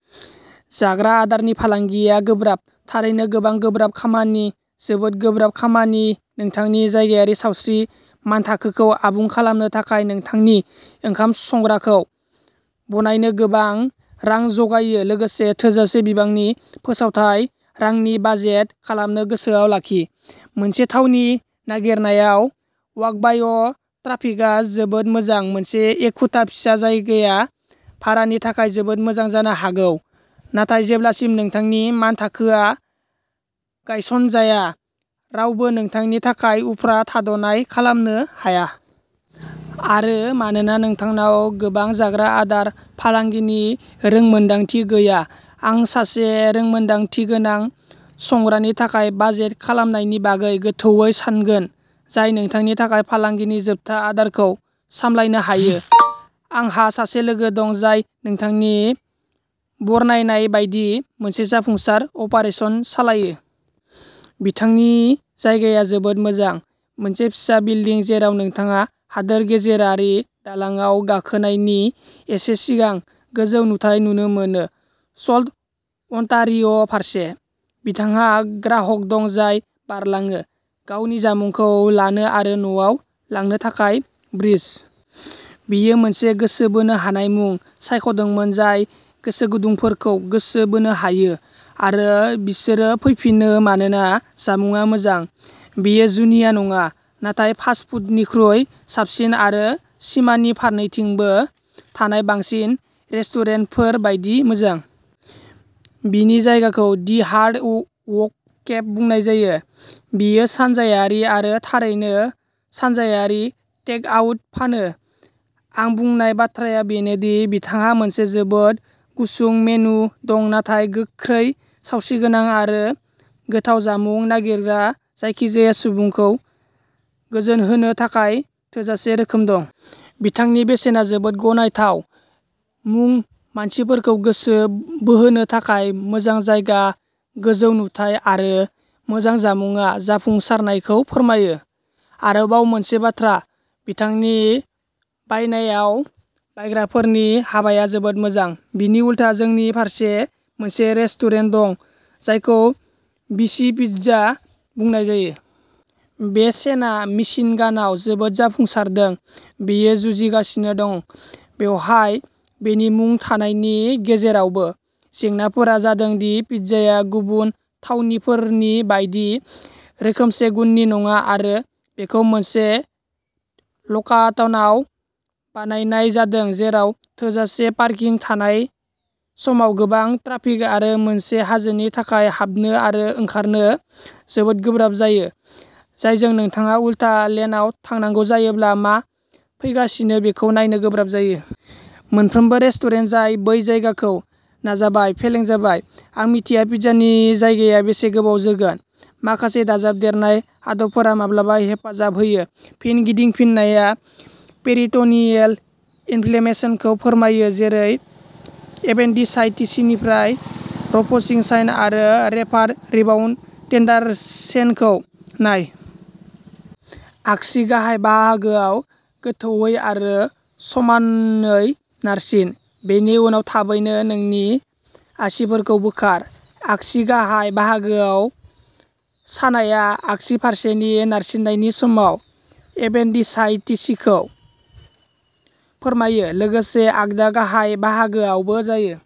जाग्रा आदारनि फालांगिया गोब्राब। थारैनो गोबां गोब्राब खामानि, जोबोद गोब्राब खामानि नोंथांनि जायगायारि सावस्रि मानथाखोखौ आबुं खालामनो थाखाय नोंथांनि ओंखाम संग्राखौ'बनायनो'गोबां रां जागायो लोगोसे थोजासे बिबांनि फोसावथाय रांनि बाजेट खालामनो गोसोआव लाखि। मोनसे थावनि नागिरनायाव वाक-बाय' ट्राफिकआ जोबोद मोजां मोनसे एखुथा फिसा जायगाया भारानि थाखाय जोबोद मोजां जानो हागौ, नाथाय जेब्लासिम नोंथांनि मानथाखोआ गायसनजाया रावबो नोंथांनि थाखाय उफ्रा थाद'नाय खालामनो हाया। आरो मानोना नोंथांनाव गोबां जाग्रा आदार फालांगिनि रोंमोनदांथि गैया आं सासे रोंमोनदांथिगोनां संग्रानि थाखाय बाजेट खालामनायनि बागै गोथौवै सानगोन जाय नोंथांनि थाखाय फालांगिनि जोबथा आदारखौ सामलायनो हायो। आंहा सासे लोगो दं जाय नोंथांनि बरनायनाय बायदि मोनसे जाफुंसार अपारेसन सालायो। बिथांनि जायगाया जोबोद मोजां, मोनसे फिसा बिल्डिं जेराव नोंथाङा हादोर गेजेरारि दालांआव गाखोनायनि एसे सिगां गोजौ नुथाय नुनो मोनो, सल्ट अन्टारिय' फारसे। बिथांहा ग्राहक दं जाय बारलाङो। गावनि जामुंखौ लानो आरो न'आव लांनो थाखाय ब्रिज। बियो मोनसे गोसो बोनो हानाय मुं सायख'दोंमोन जाय गोसोगुदुंफोरखौ गोसो बोनो हायो, आरो बिसोरो फैफिनो मानोना जामुंआ मोजां। बेयो जुनिया नङा, नाथाय फास्ट फुडनिख्रुइ साबसिन आरो सिमानि फारनैथिंबो थानाय बांसिन रेस्टुरेन्टफोर बायदि मोजां। बिनि जायगाखौ दि हार्ड उक उक केफ बुंनाय जायो। बियो सानजायारि आरो थारैनो सानजाआरि टेक आउट फानो। आं बुंनाय बाथ्राया बेनो दि बिथांहा मोनसे जोबोद गुसुं मेनु दं नाथाय गोख्रै, सावस्रिगोनां आरो गोथाव जामुं नागिरग्रा जायखिजाया सुबुंखौ गोजोनहोनो थाखाय थोजासे रोखोम दं। बिथांनि बेसेना जोबोद गनायथाव। मुं मानसिफोरखौ गोसो बोहोनो थाखाय, मोजां जायगा, गोजौ नुथाइ, आरो मोजां जामुंआ जाफुंसारनायखौ फोरमायो। आरोबाव मोनसे बाथ्रा, बिथांनि बायनायाव बायग्राफोरनि हाबाया जोबोद मोजां। बिनि उलथा, जोंनि फारसे मोनसे रेस्टुरेन्ट दं जायखौ बि सि पिज्जा बुंनाय जायो। बे चेनआ मिशिगानआव जोबोद जाफुंसारदों। बेयो जुजिगासिनो दं। बेवहाय बेनि मुं थानायनि गेजेरावबो। जेंनाफोरा जादों दि पिज्जाया गुबुन थावनिफोरनि बायदि रोखोमसे गुननि नङा आरो बेखौ मोनसे लकाटनआव बानायनाय जादों जेराव थोजासे पार्किं थानाय समाव गोबां ट्राफिक आरो मोनसे हाजोनि थाखाय हाबनो आरो ओंखारनो जोबोद गोब्राब जायो, जायजों नोंथाङा उलथा लेनआव थांनांगौ जायोब्ला मा फैगासिनो बेखौ नायनो गोब्राब जायो। मोनफ्रोमबो रेस्टुरेन्ट जाय बै जायगाखौ नाजाबाय, फेलें जाबाय। आं मिथिया पिज्जानि जायगाया बेसे गोबाव जोरगोन। माखासे दाजाबदेरनाय आदबफोरा माब्लाबा हेफाजाब होयो। फिन गिदिंफिननाया पेरिट'नियेल इनफ्लेमेशनखौ फोरमायो, जेरै एपेन्डिसाइटिसनिफ्राय। र'भसिं साइन आरो रेफार्ड रिबाउन्ड टेन्डारसेनखौ नाय। आगसि गाहाय बाहागोआव गोथौवै आरो समानयै नारसिन। बेनि उनाव थाबैनो नोंनि आसिफोरखौ बोखार। आगसि गाहाय बाहागोआव सानायआ आगसि फारसेनि नारसिननायनि समाव एबेन्डिसाइटिसिखौ फोरमायो। लोगोसे आगदा गाहाय बाहागोआवबो जायो।